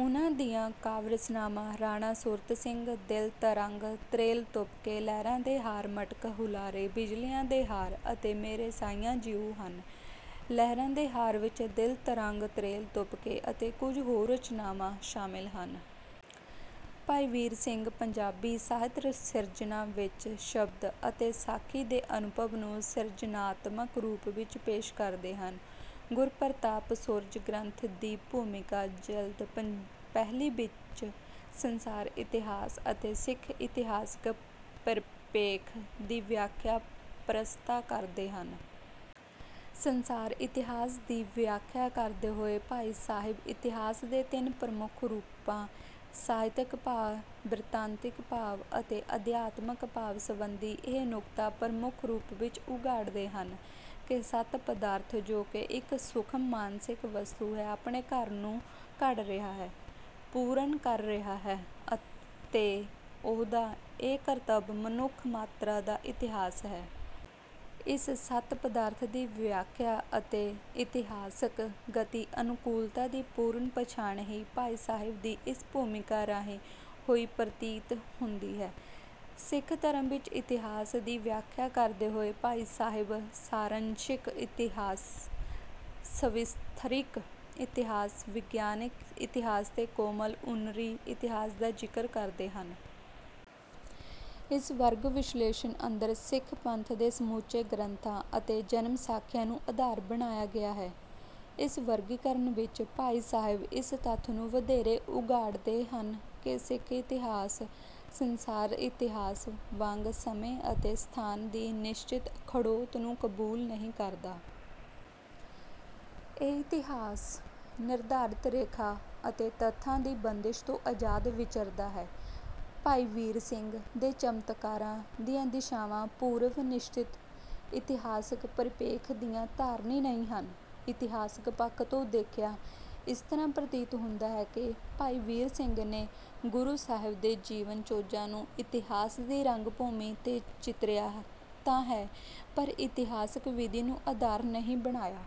ਉਨ੍ਹਾਂ ਦੀਆਂ ਕਾਵਿ ਰਚਨਾਵਾਂ ਰਾਣਾ ਸੂਰਤ ਸਿੰਘ ਦਿਲ ਤਰੰਗ ਤ੍ਰੇਲ ਤੁਪਕੇ ਲਹਿਰਾਂ ਦੇ ਹਾਰ ਮਟਕ ਹੁਲਾਰੇ ਬਿਜਲੀਆਂ ਦੇ ਹਾਰ ਅਤੇ ਮੇਰੇ ਸਾਈਆਂ ਜੀਓ ਹਨ। ਲਹਿਰਾਂ ਦੇ ਹਾਰ ਵਿੱਚ ਦਿਲ ਤਰੰਗ ਤ੍ਰੇਲ ਤੁਪਕੇ ਅਤੇ ਕੁਝ ਹੋਰ ਰਚਨਾਵਾਂ ਸ਼ਾਮਿਲ ਹਨ। ਭਾਈ ਵੀਰ ਸਿੰਘ ਪੰਜਾਬੀ ਸਾਹਿਤ ਸਿਰਜਨਾ ਵਿੱਚ ਸ਼ਬਦ ਅਤੇ ਸਾਖੀ ਦੇ ਅਨੁਭਵ ਨੂੰ ਸਿਰਜਨਾਤਮਕ ਰੂਪ ਵਿੱਚ ਪੇਸ਼ ਕਰਦੇ ਹਨ। ਗੁਰ ਪ੍ਰਤਾਪ ਸੂਰਜ ਗ੍ਰੰਥ ਦੀ ਭੂਮਿਕਾ ਜਿਲਦ ਪਹਿਲੀ ਵਿੱਚ ਸੰਸਾਰ ਇਤਿਹਾਸ ਅਤੇ ਸਿੱਖ ਇਤਿਹਾਸਕ ਪਰਿਪੇਖ ਦੀ ਵਿਆਖਿਆ ਪ੍ਰਸਤਾ ਕਰਦੇ ਹਨ। ਸੰਸਾਰ ਇਤਿਹਾਸ ਦੀ ਵਿਆਖਿਆ ਕਰਦੇ ਹੋਏ ਭਾਈ ਸਾਹਿਬ ਇਤਿਹਾਸ ਦੇ ਤਿੰਨ ਪ੍ਰਮੁੱਖ ਰੂਪਾਂ ਸਾਹਿਤਕ ਭਾਵ ਬ੍ਰਿਤਾਂਤਿਕ ਭਾਵ ਅਤੇ ਅਧਿਆਤਮਕ ਭਾਵ ਸੰਬੰਧੀ ਇਹ ਨੁਕਤਾ ਪ੍ਰਮੁਖ ਰੂਪ ਵਿੱਚ ਉਘਾੜਦੇ ਹਨ ਕਿ ਸੱਤ ਪਦਾਰਥ ਜੋ ਕਿ ਇੱਕ ਸੂਖਮ ਮਾਨਸਿਕ ਵਸਤੂ ਹੈ ਆਪਣੇ ਆਪ ਨੂੰ ਘੜ ਰਿਹਾ ਹੈ ਪੂਰਨ ਕਰ ਰਿਹਾ ਹੈ ਤੇ ਉਸਦਾ ਇਹ ਕਰਤੱਵ ਮਨੁਖ ਮਾਤ੍ਰਾ ਦਾ ਇਤਿਹਾਸ ਹੈ। ਇਸ ਸਤ ਪਦਾਰਥ ਦੀ ਵਿਆਖਿਆ ਅਤੇ ਇਤਿਹਾਸਕ ਗਤੀ ਅਨੂਕੁਲਤਾ ਦੀ ਪੂਰਨ ਪਛਾਣ ਹੀ ਭਾਈ ਸਾਹਿਬ ਦੀ ਇਸ ਭੂਮਿਕਾ ਰਾਹੀਂ ਹੋਈ ਪ੍ਰਤੀਤ ਹੁੰਦੀ ਹੈ। ਸਿੱਖ ਧਰਮ ਵਿੱਚ ਇਤਿਹਾਸ ਦੀ ਵਿਆਖਿਆ ਕਰਦੇ ਹੋਏ ਭਾਈ ਸਾਹਿਬ ਸਾਰੰਸ਼ਿਕ ਇਤਿਹਾਸ ਸਵਿਸਥਰਿਕ ਇਤਿਹਾਸ ਵਿਗਿਆਨਕ ਇਤਿਹਾਸ ਤੇ ਕੋਮਲ ਉਨਰੀ ਇਤਿਹਾਸ ਦਾ ਜ਼ਿਕਰ ਕਰਦੇ ਹਨ। ਇਸ ਵਰਗ ਵਿਸ਼ਲੇਸ਼ਣ ਅੰਦਰ ਸਿੱਖ ਪੰਥ ਦੇ ਸਮੁਚੇ ਗ੍ਰੰਥਾਂ ਅਤੇ ਜਨਮਸਾਖੀਆਂ ਨੂੰ ਅਧਾਰ ਬਣਾਇਆ ਗਿਆ ਹੈ। ਇਸ ਵਰਗੀਕਰਨ ਵਿੱਚ ਭਾਈ ਸਾਹਿਬ ਇਸ ਤੱਥ ਨੂੰ ਵਧੇਰੇ ਉਗਾੜਦੇ ਹਨ ਕਿ ਸਿੱਖ ਇਤਿਹਾਸ ਸੰਸਾਰ ਇਤਿਹਾਸ ਵਾਂਗ ਸਮੇਂ ਅਤੇ ਸਥਾਨ ਦੀ ਨਿਸ਼ਚਿਤ ਖੜੋਤ ਨੂੰ ਕਬੂਲ ਨਹੀਂ ਕਰਦਾ। ਇਹ ਇਤਿਹਾਸ ਨਿਰਧਾਰਿਤ ਰੇਖਾ ਅਤੇ ਤਥਾ ਦੀ ਬੰਦਿਸ਼ ਤੋਂ ਅਜ਼ਾਦ ਵਿਚਰਦਾ ਹੈ। ਭਾਈ ਵੀਰ ਸਿੰਘ ਦੇ ਚਮਤਕਾਰਾਂ ਦੀਆਂ ਦਿਸ਼ਾਵਾਂ ਪੂਰਵ ਨਿਸ਼ਚਿਤ ਇਤਿਹਾਸਕ ਪਰਿਪੇਖ ਦੀਆਂ ਧਾਰਨੀ ਨਹੀਂ ਹਨ। ਇਤਿਹਾਸਕ ਪੱਖ ਤੋਂ ਦੇਖਿਆ ਇਸ ਤਰ੍ਹਾਂ ਪ੍ਰਤੀਤ ਹੁੰਦਾ ਹੈ ਕਿ ਭਾਈ ਵੀਰ ਸਿੰਘ ਨੇ ਗੁਰੂ ਸਾਹਿਬ ਦੇ ਜੀਵਨ ਚੋਜਾਂ ਨੂੰ ਇਤਿਹਾਸ ਦੀ ਰੰਗ ਭੂਮੀ ਤੇ ਚਿਤਰਿਆ ਤਾਂ ਹੈ ਪਰ ਇਤਿਹਾਸਕ ਵਿਧੀ ਨੂੰ ਆਧਾਰ ਨਹੀਂ ਬਣਾਇਆ।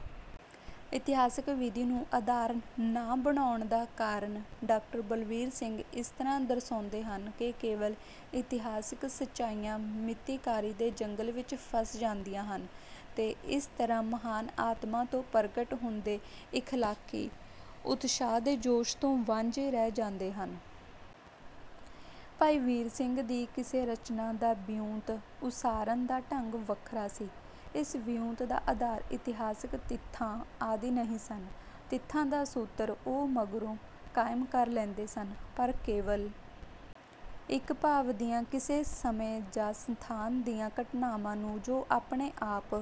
ਇਤਿਹਾਸਕ ਵਿਧੀ ਨੂੰ ਆਧਾਰ ਨਾ ਬਣਾਉਣ ਦਾ ਕਾਰਣ ਡਾਕਟਰ ਬਲਵੀਰ ਸਿੰਘ ਇਸ ਤਰ੍ਹਾਂ ਦਰਸਾਉਂਦੇ ਹਨ ਕਿ ਕੇਵਲ ਇਤਿਹਾਸਕ ਸਚਾਈਆਂ ਮਿਤੀਕਾਰੀ ਦੇ ਜੰਗਲ ਵਿੱਚ ਫਸ ਜਾਂਦੀਆਂ ਹਨ ਤੇ ਇਸ ਤਰ੍ਹਾਂ ਮਹਾਨ ਆਤਮਾ ਤੋਂ ਪ੍ਰਗਟ ਹੁੰਦੇ ਇਖਲਾਕੀ ਉਤਸ਼ਾਹ ਦੇ ਜੋਸ਼ ਤੋਂ ਵਾਜੇਂ ਰਹਿ ਜਾਂਦੇ ਹਨ। ਭਾਈ ਵੀਰ ਸਿੰਘ ਦੀ ਕਿਸੇ ਰਚਨਾ ਦਾ ਵਿਉਂਤ ਉਸਾਰਨ ਦਾ ਢੰਗ ਵੱਖਰਾ ਸੀ। ਇਸ ਵਿਉਂਤ ਦਾ ਆਧਾਰ ਇਤਿਹਾਸਕ ਥਿੱਤਾਂ ਆਦਿ ਨਹੀਂ ਸਨ। ਥਿੱਤਾਂ ਦਾ ਸੂਤਰ ਉਹ ਮਗਰੋਂ ਕਾਇਮ ਕਰ ਲੈਂਦੇ ਸਨ ਪਰ ਕੇਵਲ ਇੱਕ ਭਾਵ ਦੀਆਂ ਕਿਸੇ ਸਮੇਂ ਜਾਂ ਸਥਾਨ ਦੀਆਂ ਘਟਨਾਵਾਂ ਨੂੰ ਜੋ ਆਪਣੇ ਆਪ